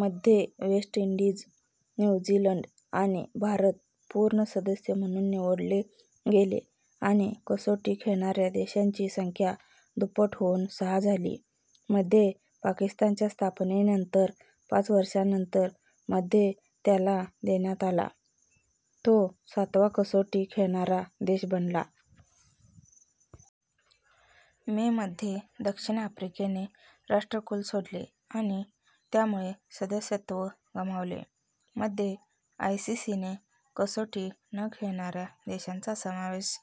मध्ये, West Indies, New Zealand आणि भारत पूर्ण सदस्य म्हणून निवडले गेले आणि कसोटी खेळणाऱ्या देशांची संख्या दुप्पट होऊन सहा झाली. मध्ये पाकिस्तानच्या स्थापनेनंतर, पाच वर्षांनंतर मध्ये त्याला देण्यात आला, तो सातवा कसोटी खेळणारा देश बनला. मे मध्ये दक्षिण आफ्रिकेने राष्ट्रकुल सोडले आणि त्यामुळे सदस्यत्व गमावले. मध्ये, आयसीसीने कसोटी न खेळणाऱ्या देशांचा समावेश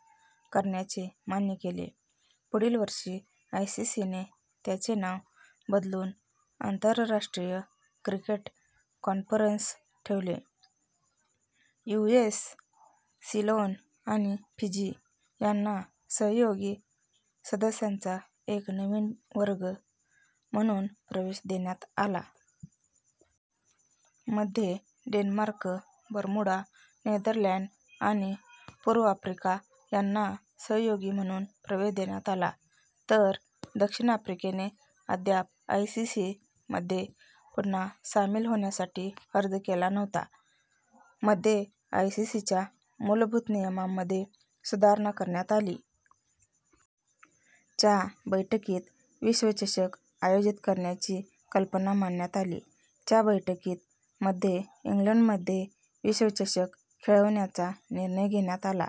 करण्याचे मान्य केले. पुढील वर्षी, आयसीसीने त्याचे नाव बदलून आंतरराष्ट्रीय क्रिकेट कॉन्फरन्स ठेवले. यूएस, सिलोन आणि फिजी यांना सहयोगी, सदस्यांचा एक नवीन वर्ग म्हणून प्रवेश देण्यात आला. मध्ये, डेन्मार्क, बरमुडा, नेदरलँड आणि पूर्व आफ्रिका यांना सहयोगी म्हणून प्रवेश देण्यात आला, तर दक्षिण आफ्रिकेने अद्याप आयसीसी मध्ये पुन्हा सामील होण्यासाठी अर्ज केला नव्हता. मध्ये आयसीसीच्या मूलभूत नियमांमध्ये सुधारणा करण्यात आली. च्या बैठकीत विश्वचषक आयोजित करण्याची कल्पना मांडण्यात आली. च्या बैठकीत, मध्ये इंग्लंडमध्ये विश्वचषक खेळवण्याचा निर्णय घेण्यात आला.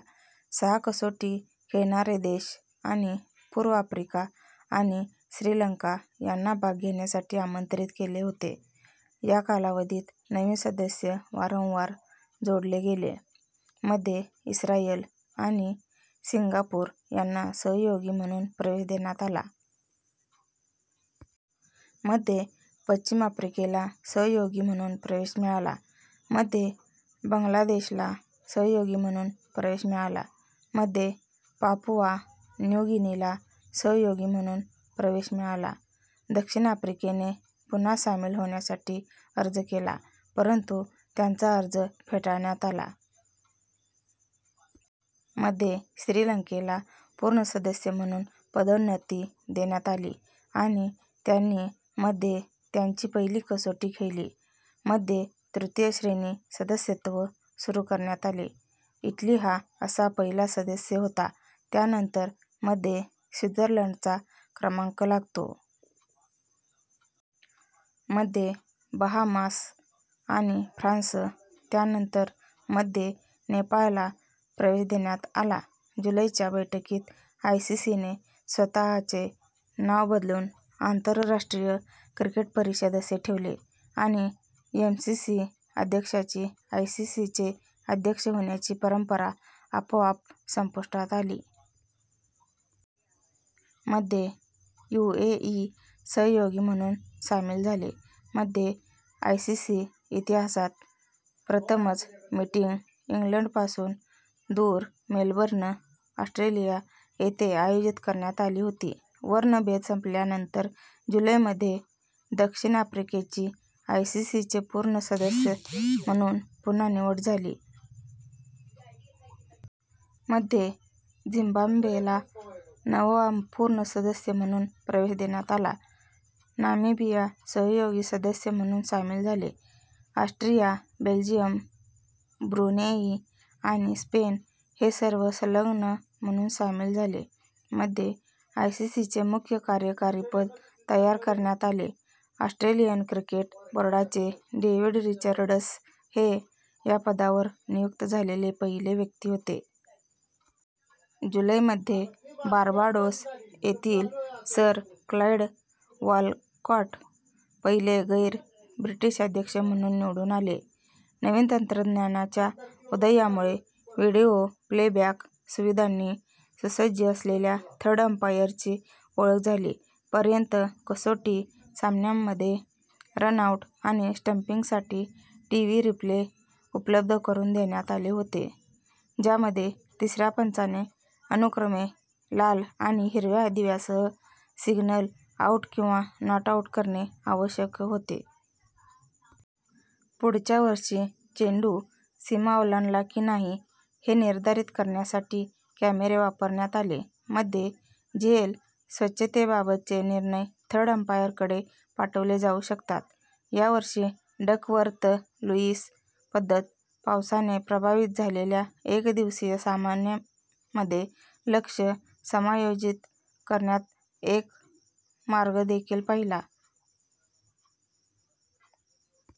सहा कसोटी खेळणारे देश आणि पूर्व आफ्रिका आणि श्रीलंका यांना भाग घेण्यासाठी आमंत्रित केले होते. या कालावधीत नवीन सदस्य वारंवार जोडले गेले: मध्ये, इस्रायल आणि सिंगापूर यांना सहयोगी म्हणून प्रवेश देण्यात आला. मध्ये पश्चिम आफ्रिकेला सहयोगी म्हणून प्रवेश मिळाला. मध्ये बांगलादेशला सहयोगी म्हणून प्रवेश मिळाला. मध्ये पापुआ न्यू गिनीला सहयोगी म्हणून प्रवेश मिळाला. दक्षिण आफ्रिकेने पुन्हा सामील होण्यासाठी अर्ज केला, परंतु त्यांचा अर्ज फेटाळण्यात आला. मध्ये, श्रीलंकेला पूर्ण सदस्य म्हणून पदोन्नती देण्यात आली आणि त्यांनी मध्ये त्यांची पहिली कसोटी खेळली. मध्ये, तृतीय श्रेणी सदस्यत्व सुरू करण्यात आले. इटली हा असा पहिला सदस्य होता, त्यानंतर मध्ये स्वित्झर्लंडचा क्रमांक लागतो. मध्ये बहामास आणि फ्रान्स, त्यानंतर मध्ये नेपाळला प्रवेश देण्यात आला. जुलै च्या बैठकीत, आयसीसी ने स्वतःचे नाव बदलून आंतरराष्ट्रीय क्रिकेट परिषद असे ठेवले आणि एमसीसी अध्यक्षाची आयसीसीचे अध्यक्ष होण्याची परंपरा आपोआप संपुष्टात आली. मध्ये, यूएई सहयोगी म्हणून सामील झाले. मध्ये, आयसीसी इतिहासात प्रथमच, मीटिंग इंग्लंडपासून दूर, मेलबर्न, ऑस्ट्रेलिया येथे आयोजित करण्यात आली होती. वर्णभेद संपल्यानंतर जुलैमध्ये दक्षिण आफ्रिकेची आयसीसीचे पूर्ण सदस्य म्हणून पुन्हा निवड झाली. मध्ये, झिम्बाब्वेला नववा पूर्ण सदस्य म्हणून प्रवेश देण्यात आला. नामिबिया सहयोगी सदस्य म्हणून सामील झाले. ऑस्ट्रिया, बेल्जियम, ब्रुनेई आणि स्पेन हे सर्व सलग्न म्हणून सामील झाले. मध्ये, आयसीसीचे मुख्य कार्यकारी पद तयार करण्यात आले; ऑस्ट्रेलियन क्रिकेट बोर्डाचे डेव्हिड रिचर्ड्स हे या पदावर नियुक्त झालेले पहिले व्यक्ती होते. जुलैमध्ये, बार्बाडोस येथील सर क्लाइड वॉलकॉट, पहिले गैर-ब्रिटिश अध्यक्ष म्हणून निवडून आले. नवीन तंत्रज्ञानाच्या उदयामुळे व्हिडिओ प्लेबॅक सुविधांनी सुसज्ज असलेल्या थर्ड अंपायरची ओळख झाली. पर्यंत, कसोटी सामन्यांमध्ये रन-आऊट आणि स्टंपिंगसाठी टीव्ही रिप्ले उपलब्ध करून देण्यात आले होते, ज्यामध्ये तिसऱ्या पंचाने अनुक्रमे लाल आणि हिरव्या दिव्यासह सिग्नल आउट किंवा नॉट आउट करणे आवश्यक होते. पुढच्या वर्षी, चेंडू सीमा ओलांडला की नाही हे निर्धारित करण्यासाठी कॅमेरे वापरण्यात आले. मध्ये झेल स्वच्छतेबाबतचे निर्णय थर्ड अंपायरकडे पाठवले जाऊ शकतात. या वर्षी डकवर्थ-लुईस पद्धत, पावसाने प्रभावित झालेल्या एकदिवसीय सामन्यांमध्ये लक्ष्य समायोजित करण्याचा एक मार्ग देखील पाहिला.